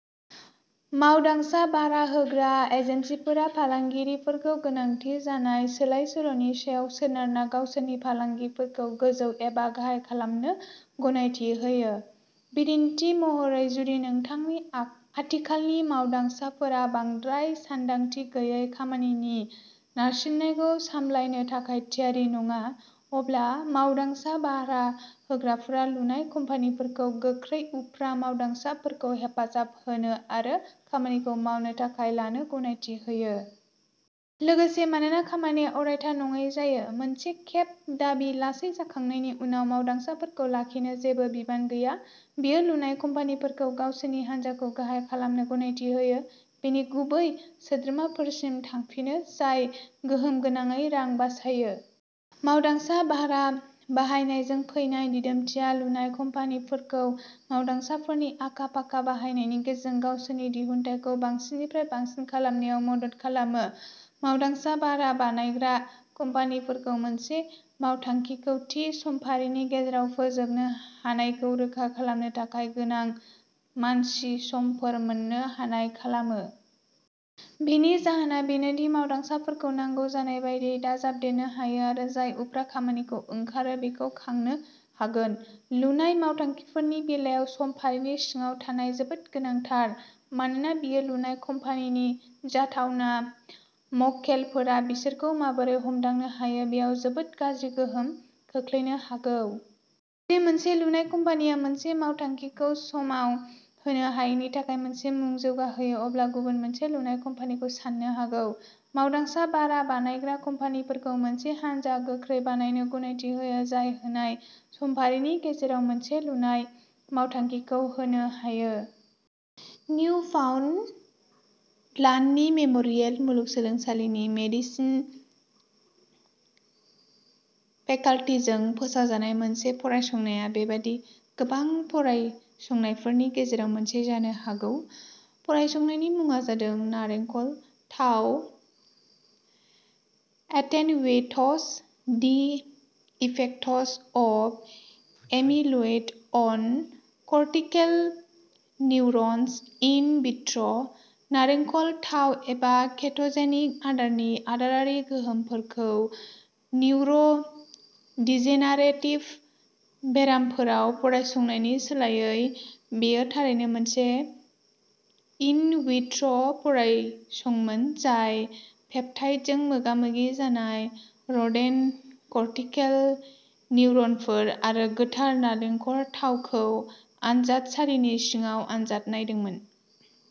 मावदांसा भारा होग्रा एजेन्सिफोरा फालांगिफोरखौ गोनांथि जानाय सोलाय-सोल'नि सायाव सोनारना गावसोरनि फालांगिफोरखौ गोजौ एबा गाहाय खालामनो गनायथि होयो। बिदिन्थि महरै, जुदि नोंथांनि आ-आथिखालनि मावदांसाफोरा बांद्राय सानदांथि गैयै खामानिनि नारसिननायखौ सामलायनो थाखाय थियारि नङा, अब्ला मावदांसा भारा होग्राफोरा लुनाय कम्पानिफोरखौ गोख्रै उफ्रा मावदांसाफोरखौ हेफाजाब होनो आरो खामानिखौ मावनो थाखाय लानो गनायथि होयो। लोगोसे, मानोना खामानिया अरायथा नङै जायो, मोनसे खेब दाबि लासै जाखांनायनि उनाव मावदांसाफोरखौ लाखिनो जेबो बिबान गैया। बेयो लुनाय कम्पानिफोरखौ गावसोरनि हानजाखौ गाहाय खालामनो गनायथि होयो, बेनि गुबै सोद्रोमाफोरसिम थांफिनो, जाय गोहोमगोनाङै रां बासायो। मावदांसा भारा बाहायनायजों फैनाय दिदोमथिया लुनाय कम्पानिफोरखौ मावदांसाफोरनि आखा-फाखा बाहायनायनि गेजेरजों गावसोरनि दिहुनथायखौ बांसिननिफ्राय बांसिन खालामनायाव मदद खालामो। मावदांसा भारा बानायग्रा कम्पानिफोरखौ मोनसे मावथांखिखौ थि समफारिनि गेजेराव फोजोबनो हानायखौ रोखा खालामनो थाखाय गोनां मानसि समफोर मोन्नो हानाय खालामो। बेनि जाहोना बेनो दि मावदांसाफोरखौ नांगौ जानाय बायदियै दाजाबदेरनो हायो आरो जाय उफ्रा खामानिखौ ओंखारो बेखौ खांनो हागोन। लुनाय मावथांखिफोरनि बेलायाव समफारिनि सिङाव थानाया जोबोद गोनांथार, मानोना बेयो लुनाय कम्पानिनि जाथावना मक्केलफोरा बिसोरखौ माबोरै हमदांनो हायो बेयाव जोबोद गाज्रि गोहोम खोख्लैनो हागौ। बे मोनसे लुनाय कम्पानिआ मोनसे मावथांखिखौ समाव होनो हायैनि थाखाय मोनसे मुं जौगाहोयो, अब्ला गुबुन मोनसे लुनाय कम्पानिखौ सान्नो हागौ। मावदांसा भारा बानायग्रा कम्पानिफोरखौ मोनसे हानजा गोख्रै बानायनो गनायथि होयो जाय होनाय समफारिनि गेजेराव मोनसे लुनाय मावथांखिखौ होनो हायो। निउफाउन्डलान्दनि मेम'रियेल मुलुगसोलोंसालिनि मेडिसिन फेकल्टीजों फोसावजानाय मोनसे फरायसंनाया बेबादि गोबां फरायसंनायफोरनि गेजेराव मोनसे जानो हागौ। फरायसंनायनि मुङा जादों "नारेंखल थाव attenuates the effects of amyloid on cortical neurons in vitro'". नारेंखल थाव, एबा केट'जेनिक आदारनि आदारारि गोहोमफोरखौ निउर'- डिजेनारेटिभ बेरामफोराव फरायसंनायनि सोलायै, बेयो थारैनो मोनसे इनविट्र'फरायसंमोन जाय " पेप्टाइडजों मोगा-मोगि जानाय रोडेन्ट कर्टिकेल न्युरनफोर" आरो गोथार नारेंखल थावखौ आनजादसालिनि सिङाव आनजाद नायदोंमोन।